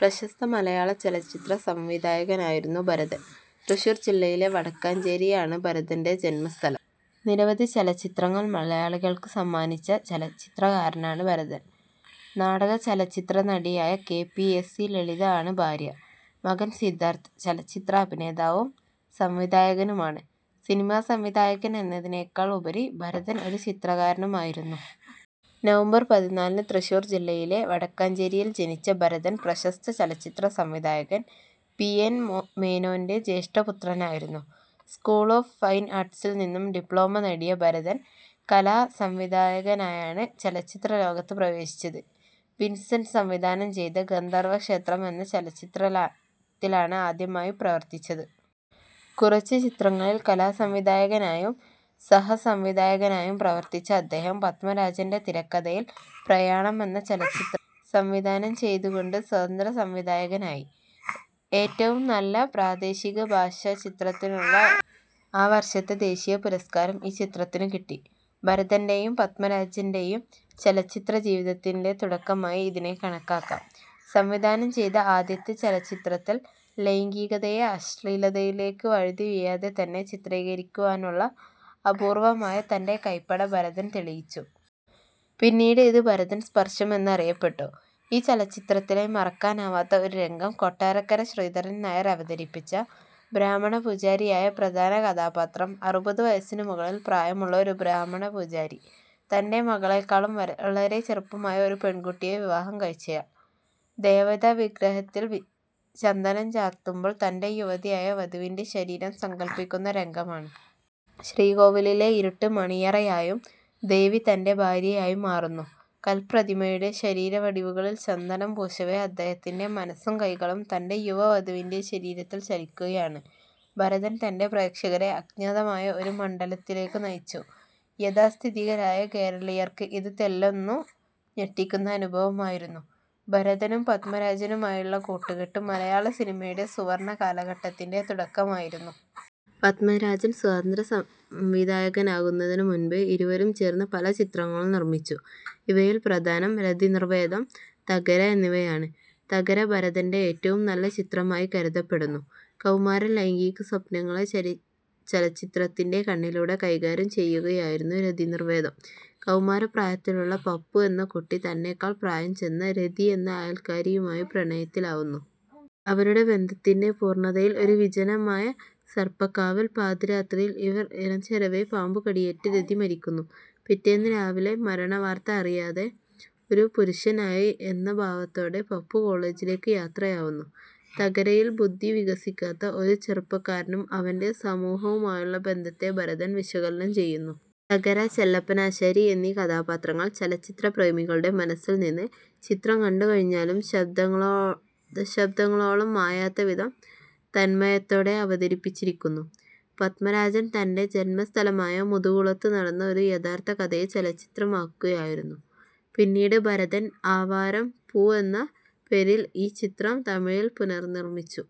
പ്രശസ്ത മലയാള ചലച്ചിത്ര സംവിധായകനായിരുന്നു ഭരതൻ. തൃശ്ശൂർ ജില്ലയിലെ വടക്കാഞ്ചേരി ആണ് ഭരതൻ്റെ ജന്മസ്ഥലം. നിരവധി ചലച്ചിത്രങ്ങൾ മലയാളികൾക്ക് സമ്മാനിച്ച ചലച്ചിത്രകാരനാണ് ഭരതൻ. നാടക ചലച്ചിത്രനടിയായ K. P. A. C. Lalitha ആണ് ഭാര്യ. മകൻ സിദ്ധാർഥ് ചലച്ചിത്ര അഭിനേതാവും സംവിധായകനുമാണ്. സിനിമ സംവിധായകൻ എന്നതിനെക്കാൾ ഉപരി ഭരതൻ ഒരു ചിത്രകാരനും ആയിരുന്നു. നവംബർ പതിനാലിന് തൃശ്ശൂർ ജില്ലയിലെ വടക്കാഞ്ചേരിയിൽ ജനിച്ച ഭരതൻ പ്രശസ്ത ചലച്ചിത്രസംവിധായകൻ പി. എൻ. മൊ മേനോൻ്റെ ജ്യേഷ്ഠപുത്രനായിരുന്നു. സ്കൂൾ ഓഫ് ഫൈൻ ആർട്ട്സിൽ നിന്നും ഡിപ്ലോമ നേടിയ ഭരതൻ കലാസംവിധായകനായാണ് ചലച്ചിത്രലോകത്ത് പ്രവേശിച്ചത്. വിൻസെൻ്റ് സംവിധാനം ചെയ്ത ഗന്ധർവ ക്ഷേത്രം എന്ന ചലച്ചിത്രത്തിലാണ് ആദ്യമായി പ്രവർത്തിച്ചത്. കുറച്ചു ചിത്രങ്ങളിൽ കലാസംവിധായകനായും സഹസംവിധായകനായും പ്രവർത്തിച്ച അദ്ദേഹം, പത്മരാജൻ്റെ തിരക്കഥയിൽ പ്രയാണം എന്ന ചലച്ചിത്രം സംവിധാനം ചെയ്തുകൊണ്ട് സ്വതന്ത്രസംവിധായകനായി. ഏറ്റവും നല്ല പ്രാദേശികഭാഷാചിത്രത്തിനുള്ള ആ വർഷത്തെ ദേശീയപുരസ്കാരം ഈ ചിത്രത്തിനു കിട്ടി. ഭരതൻ്റേയും പത്മരാജൻ്റേയും ചലച്ചിത്രജീവിതത്തിൻ്റെ തുടക്കമായി ഇതിനെ കണക്കാക്കാം. സംവിധാനം ചെയ്ത ആദ്യത്തെ ചലച്ചിത്രത്തിൽ ലൈംഗികതയെ അശ്ലീലത്തിലേക്ക് വഴുതിവീഴാതെ തന്നെ ചിത്രീകരിക്കുവാനുള്ള അപൂർവ്വമായ തൻ്റെ കൈപ്പട ഭരതൻ തെളിയിച്ചു. പിന്നീട് ഇത് ഭരതൻ സ്പർശം എന്ന് അറിയപ്പെട്ടു. ഈ ചലച്ചിത്രത്തിലെ മറക്കാനാവാത്ത ഒരു രംഗം കൊട്ടാരക്കര ശ്രീധരൻ നായർ അവതരിപ്പിച്ച ബ്രാഹ്മണപൂജാരിയായ പ്രധാന കഥാപാത്രം അറുപത് വയസ്സിനു മുകളിൽ പ്രായമുള്ള ഒരു ബ്രാഹ്മണ പൂജാരി, തൻ്റെ മകളെക്കാളും വരെ വളരെ ചെറുപ്പമായ ഒരു പെൺകുട്ടിയെ വിവാഹം കഴിച്ചയാൾ, ദേവതാ വിഗ്രഹത്തിൽ ചന്ദനം ചാർത്തുമ്പോൾ തൻ്റെ യുവതിയായ വധുവിൻ്റെ ശരീരം സങ്കൽപ്പിക്കുന്ന രംഗമാണ്. ശ്രീകോവിലിലെ ഇരുട്ട് മണിയറയായും ദേവി തൻ്റെ ഭാര്യയായും മാറുന്നു. കൽപ്രതിമയുടെ ശരീരവടിവുകളിൽ ചന്ദനം പൂശവേ അദ്ദേഹത്തിൻ്റെ മനസ്സും കൈകളും തൻ്റെ യുവ വധുവിൻ്റെ ശരീരത്തിൽ ചലിക്കുകയാണ്. ഭരതൻ തൻ്റെ പ്രേക്ഷകരെ അജ്ഞാതമായ ഒരു മണ്ഡലത്തിലേക്കു നയിച്ചു. യാഥാസ്ഥിതികരായ കേരളീയർക്ക് ഇത് തെല്ലൊന്നു ഞെട്ടിക്കുന്ന അനുഭവമായിരുന്നു. ഭരതനും പത്മരാജനുമായുള്ള കൂട്ടുകെട്ട് മലയാള സിനിമയുടെ സുവർണ്ണ കാലഘട്ടത്തിൻ്റെ തുടക്കമായിരുന്നു. പത്മരാജൻ സ്വതന്ത്ര സംവിധായകനാകുന്നതിനു മുൻപേ ഇരുവരും ചേർന്ന് പല ചിത്രങ്ങളും നിർമ്മിച്ചു. ഇവയിൽ പ്രധാനം രതിനിർവ്വേദം, തകര എന്നിവയാണ്. തകര ഭരതൻ്റെ ഏറ്റവും നല്ല ചിത്രമായി കരുതപ്പെടുന്നു. കൗമാര ലൈംഗിക സ്വപ്നങ്ങളെ ചരി ചലച്ചിത്രത്തിൻ്റെ കണ്ണിലൂടെ കൈകാര്യം ചെയ്യുകയായിരുന്നു രതിനിർവ്വേദം. കൗമാര പ്രായത്തിലുള്ള പപ്പു എന്ന കുട്ടി തന്നെക്കാൾ പ്രായം ചെന്ന രതി എന്ന അയൽക്കാരിയുമായി പ്രണയത്തിലാവുന്നു. അവരുടെ ബന്ധത്തിൻ്റെ പൂർണ്ണതയിൽ ഒരു വിജനമായ സർപ്പക്കാവിൽ പാതിരാത്രിയിൽ ഇവർ ഇണചേരവേ പാമ്പുകടിയേറ്റ് രതി മരിക്കുന്നു. പിറ്റേന്ന് രാവിലെ മരണ വാർത്ത അറിയാതെ, ഒരു പുരുഷൻ ആയി എന്ന ഭാവത്തോടെ പപ്പു കോളേജിലേക്ക് യാത്രയാവുന്നു. തകരയിൽ ബുദ്ധി വികസിക്കാത്ത ഒരു ചെറുപ്പക്കാരനും അവൻ്റെ സമൂഹവുമായുള്ള ബന്ധത്തെ ഭരതൻ വിശകലനം ചെയ്യുന്നു. തകര, ചെല്ലപ്പനാശാരി എന്നീ കഥാപാത്രങ്ങൾ ചലച്ചിത്രപ്രേമികളുടെ മനസ്സിൽ നിന്ന് ചിത്രം കണ്ടു കഴിഞ്ഞാലും ശബ്ദങ്ങളോ ദശാബ്ദങ്ങളോളം മായാത്ത വിധം തന്മയത്തോടെ അവതരിപ്പിച്ചിരിക്കുന്നു. പത്മരാജൻ തൻ്റെ ജന്മസ്ഥലമായ മുതുകുളത്ത് നടന്ന ഒരു യഥാർത്ഥ കഥയെ ചലച്ചിത്രം ആക്കുകയായിരുന്നു. പിന്നീട് ഭരതൻ ആവാരം പൂ എന്ന പേരിൽ ഈ ചിത്രം തമിഴിൽ പുനർനിർമ്മിച്ചു.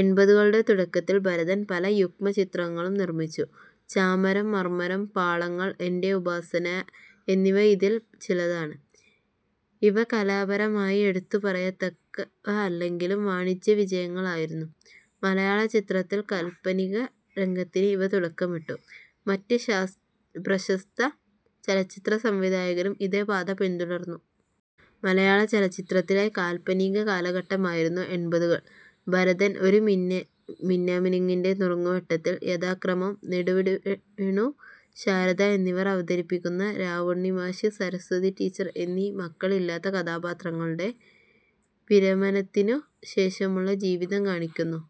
എൺപതുകളുടെ തുടക്കത്തിൽ ഭരതൻ പല യുഗ്മ ചലച്ചിത്രങ്ങളും നിർമ്മിച്ചു. 'ചാമരം, മർമ്മരം, പാളങ്ങൾ, എൻ്റെ ഉപാസന' എന്നിവ ഇതിൽ ചിലതാണ്. ഇവ കലാപരമായി എടുത്തുപറയത്തക്കവ അല്ലെങ്കിലും വാണിജ്യ വിജയങ്ങൾ ആയിരുന്നു. മലയാളചത്രത്തിൽ കാല്പനിക തരംഗത്തിന് ഇവ തുടക്കമിട്ടു. മറ്റ് ശാസ് പ്രശസ്ത ചലച്ചിത്രസംവിധായകരും ഇതേ പാത പിന്തുടർന്നു. മലയാളചലച്ചിത്രത്തിലെ കാല്പനിക കാലഘട്ടമായിരുന്നു എൺപതുകൾ. ഭരതൻ, ഒരു മിന്നൽ മിന്നാമിനുങ്ങിൻ്റെ നുറുങ്ങുവെട്ടത്തിൽ, യഥാക്രമം നെടുമുടി വേണു ശാരദ എന്നിവർ അവതരിപ്പിക്കുന്ന രാവുണ്ണിമാഷ്, സരസ്വതി ടീച്ചർ എന്നീ മക്കളില്ലാത്ത കഥാപാത്രങ്ങളുടെ, വിരമനത്തിനു ശേഷമുള്ള ജീവിതം കാണിക്കുന്നു.